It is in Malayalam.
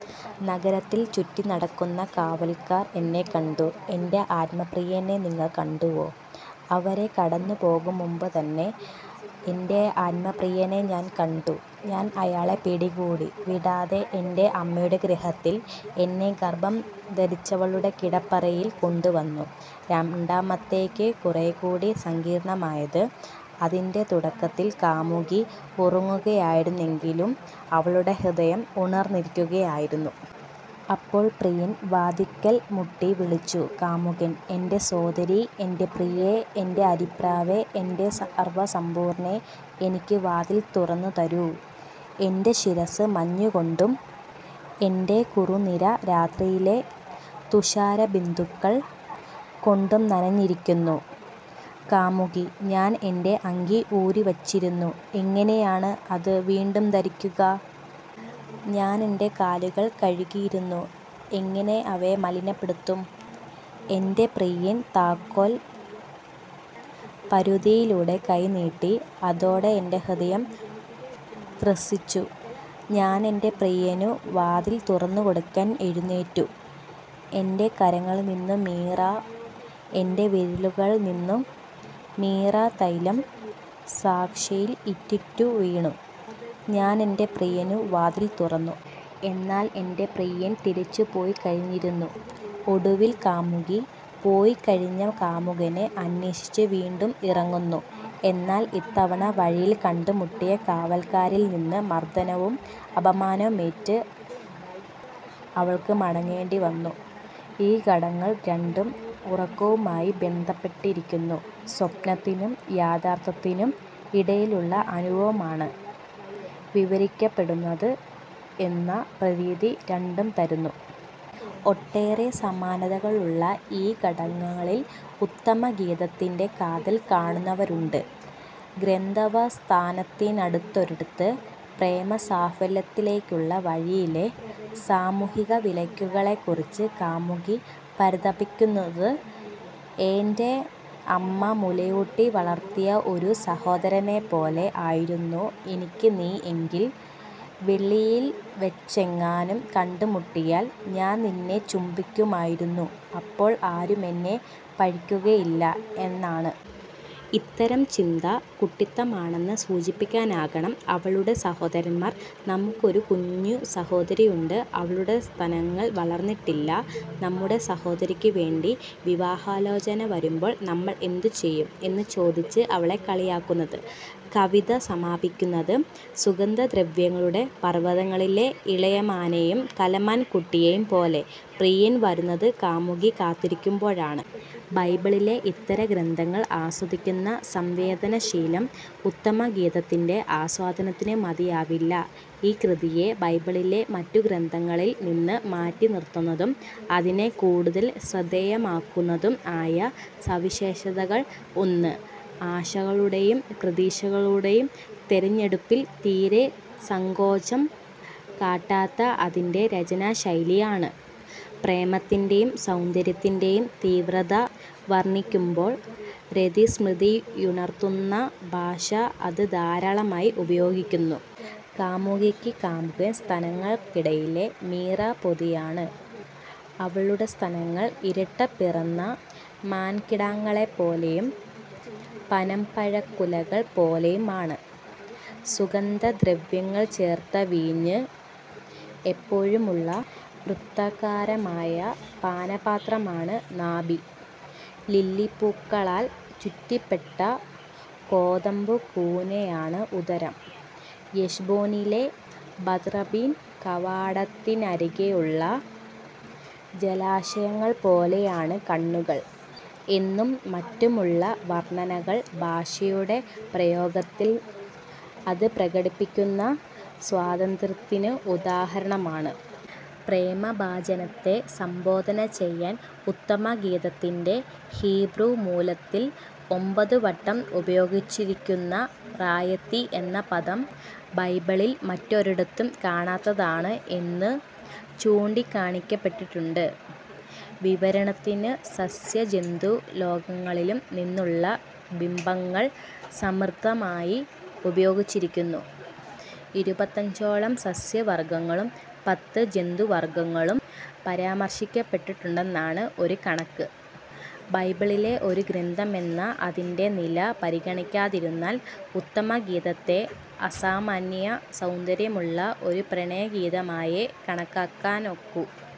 നഗരത്തിൽ ചുറ്റിനടക്കുന്ന കാവൽക്കാർ എന്നെ കണ്ടു. "എന്റെ ആത്മപ്രിയനെ നിങ്ങൾ കണ്ടുവോ? "അവരെ കടന്നുപോകുംമുമ്പുതന്നെ എന്റെ ആത്മപ്രിയനെ ഞാൻ കണ്ടു. ഞാൻ അയാളെ പിടികൂടി, വിടാതെ, എന്റെ അമ്മയുടെ ഗൃഹത്തിൽ, എന്നെ ഗർഭം ധരിച്ചവളുടെ കിടപ്പറയിൽ കൊണ്ടുവന്നു. രണ്ടാമത്തേത് കുറേക്കൂടി സങ്കീർണമാണ്. അതിന്റെ തുടക്കത്തിൽ കാമുകി, ഉറങ്ങുകയായിരുന്നെങ്കിലും അവളുടെ ഹൃദയം ഉണർന്നിരിക്കുകയായിരുന്നു. അപ്പോൾ, പ്രിയൻ വാതിൽക്കൽ മുട്ടി വിളിച്ചു. കാമുകൻ:- എന്റെ സോദരീ, എന്റെ പ്രിയേ, എന്റെ അരിപ്രാവേ, എന്റെ സർവസമ്പൂർണേ, എനിക്കു വാതിൽ തുറന്നു തരൂ; എന്റെ ശിരസ്സു മഞ്ഞുകൊണ്ടും, എന്റെ കുറുനിര രാത്രിയിലെ തുഷാരബിന്ദുക്കൾ കൊണ്ടും നനഞ്ഞിരിക്കുന്നു. കാമുകി:- ഞാൻ എന്റെ അങ്കി ഊരിവച്ചിരുന്നു, എങ്ങനെയാണ് അതു വീണ്ടും ധരിക്കുക? ഞാൻ എന്റെ കാലുകൾ കഴുകിയിരുന്നു, എങ്ങനെ അവയെ മലിനപ്പെടുത്തും? എന്റെ പ്രിയൻ താക്കോൽ പഴുതിലൂടെ കൈ നീട്ടി, അതോടെ എന്റെ ഹൃദയം ത്രസിച്ചു. ഞാൻ എന്റെ പ്രിയനു വാതിൽ തുറന്നുകൊടുക്കാൻ എഴുന്നേറ്റു. എന്റെ കരങ്ങളിൽ നിന്നു മീറാ, എന്റെ വിരലുകളിൽ നിന്നു മീറാത്തൈലം, സാക്ഷയിൽ ഇറ്റിറ്റു വീണു. ഞാൻ എന്റെ പ്രിയനു വാതിൽ തുറന്നു. എന്നാൽ എന്റെ പ്രിയൻ തിരിച്ചുപൊയ്ക്കഴിഞ്ഞിരുന്നു. ഒടുവിൽ കാമുകി, പൊയ്ക്കഴിഞ്ഞ കാമുകനെ അന്വേഷിച്ച് വീണ്ടും ഇറങ്ങുന്നു. എന്നാൽ ഇത്തവണ വഴിയിൽ കണ്ടുമുട്ടിയ കാവൽക്കാരിൽ നിന്ന് മർദ്ദനവും അപമാനവുമേറ്റ് അവൾക്ക് മടങ്ങേണ്ടി വന്നു. ഈ ഖണ്ഡങ്ങൾ രണ്ടും ഉറക്കവുമായി ബന്ധപ്പെട്ടിരിക്കുന്നു. സ്വപ്നത്തിനും യാഥാർഥ്യത്തിനും ഇടയിലുള്ള അനുഭവമാണ് വിവരിക്കപ്പെടുന്നത് എന്ന പ്രതീതി രണ്ടും തരുന്നു. ഒട്ടേറെ സമാനതകളുള്ള ഈ ഖണ്ഡങ്ങളിൽ ഉത്തമഗീതത്തിന്റെ കാതൽ കാണുന്നവരുണ്ട്. ഗ്രന്ഥാവസാനത്തിനടുത്തൊരിടത്ത്, പ്രേമസാഫല്യത്തിലേക്കുള്ള വഴിയിലെ സാമൂഹ്യവിലക്കുകളെക്കുറിച്ച് കാമുകി പരിതപിക്കുന്നത് "ഏന്റെ അമ്മ മുലയൂട്ടി വളർത്തിയ ഒരു സഹോദരനെപ്പോലെ ആയിരുന്നു എനിക്കു നീ എങ്കിൽ, വെളിയിൽ വച്ചെങ്ങാനും കണ്ടുമുട്ടിയാൽ ഞാൻ നിന്നെ ചുംബിക്കുമായിരുന്നു, അപ്പോൾ ആരും എന്നെ പഴിക്കുകയില്ല" എന്നാണ്. ഇത്തരം ചിന്ത കുട്ടിത്തമാണെന്ന് സൂചിപ്പിക്കാനാകണം അവളുടെ സഹോദരന്മാർ "നമുക്കൊരു കുഞ്ഞു സഹോദരിയുണ്ട്, അവളുടെ സ്തനങ്ങൾ വളർന്നിട്ടില്ല. നമ്മുടെ സഹോദരിക്കു വേണ്ടി വിവാഹാലോചന വരുമ്പോൾ നമ്മൾ എന്തു ചെയ്യും? " എന്നു ചോദിച്ച് അവളെ കളിയാക്കുന്നത്. കവിത സമാപിക്കുന്നത്, "സുഗന്ധദ്രവ്യങ്ങളുടെ പർവതങ്ങളിലെ ഇളമാനെയും കലമാൻ കുട്ടിയെയും പോലെ" പ്രിയൻ വരുന്നത് കാമുകി കാത്തിരിക്കുമ്പോഴാണ്. ബൈബിളിലെ ഇതര ഗ്രന്ഥങ്ങൾ ആസ്വദിക്കുന്ന സംവേദനശീലം ഉത്തമഗീതത്തിന്റെ ആസ്വാദനത്തിന് മതിയാവില്ല. ഈ കൃതിയെ ബൈബിളിലെ മറ്റു ഗ്രന്ഥങ്ങളിൽ നിന്ന് മാറ്റിനിർത്തുന്നതും അതിനെ കൂടുതൽ ശ്രദ്ധേയമാക്കുന്നതും ആയ സവിശേഷതകളിൽ ഒന്ന്, ആശയങ്ങളുടേയും പ്രതീകങ്ങളുടേയും തെരഞ്ഞെടുപ്പിൽ തീരെ സങ്കോചം കാട്ടാത്ത അതിന്റെ രചനാശൈലിയാണ്. പ്രേമത്തിന്റേയും സൗന്ദര്യത്തിന്റേയും തീവ്രത വർണ്ണിക്കുമ്പോൾ രതിസ്മൃതിയുണർത്തുന്ന ഭാഷ അത് ധാരാളമായി ഉപയോഗിക്കുന്നു. കാമുകിക്ക് കാമുകൻ സ്തനങ്ങൾക്കിടയിലെ മീറാപ്പൊതിയാണ്; അവളുടെ സ്തനങ്ങൾ ഇരട്ടപിറന്ന മാൻകിടാങ്ങളെപ്പോലെയും പനംപഴക്കുലകൾ പോലെയും ആണ്; സുഗന്ധദ്രവ്യങ്ങൾ ചേർത്ത വീഞ്ഞ് എപ്പോഴുമുള്ള, വൃത്താകാരമായ പാനപാത്രമാണ് നാഭി; ലില്ലിപ്പൂക്കളാൽ ചുറ്റപ്പെട്ട കോതമ്പുകൂനയാണ് ഉദരം; ഹെശ്ബ്ബോനിലെ ബാത്റബീം കവാടത്തിന്നരികെയുള്ള ജലാശയങ്ങൾപോലെയാണു കണ്ണുകൾ എന്നും മറ്റുമുള്ള വർണ്ണനകൾ ഭാഷയുടെ പ്രയോഗത്തിൽ അത് പ്രകടിപ്പിക്കുന്ന സ്വാതന്ത്ര്യത്തിന് ഉദാഹരണമാണ്. പ്രേമഭാജനത്തെ സംബോധന ചെയ്യാൻ ഉത്തമഗീതത്തിന്റെ ഹീബ്രൂ മൂലത്തിൽ ഒൻപതുവട്ടം ഉപയോഗിച്ചിരിക്കുന്ന 'റായതി' എന്ന പദം, ബൈബിളിൽ മറ്റൊരിടത്തും കാണാത്തതാണ് എന്നു ചൂണ്ടിക്കാണിക്കപ്പെട്ടിട്ടുണ്ട്. വിവരണത്തിന് സസ്യ-ജന്തുലോകങ്ങളിൽ നിന്നുള്ള ബിംബങ്ങൾ സമൃദ്ധമായി ഉപയോഗിച്ചിരിക്കുന്നു. ഇരുപത്തഞ്ചോളം സസ്യവർഗങ്ങളും പത്ത് ജന്തുവർഗങ്ങളും പരാമർശിക്കപ്പെട്ടിട്ടുണ്ടെന്നാണ് ഒരു കണക്ക്. ബൈബിളിലെ ഒരു ഗ്രന്ഥമെന്ന അതിന്റെ നില പരിഗണിക്കാതിരുന്നാൽ, ഉത്തമഗീതത്തെ അസാമാന്യ സൗന്ദര്യമുള്ള ഒരു പ്രണയഗീതമായേ കണക്കാക്കാനൊക്കൂ.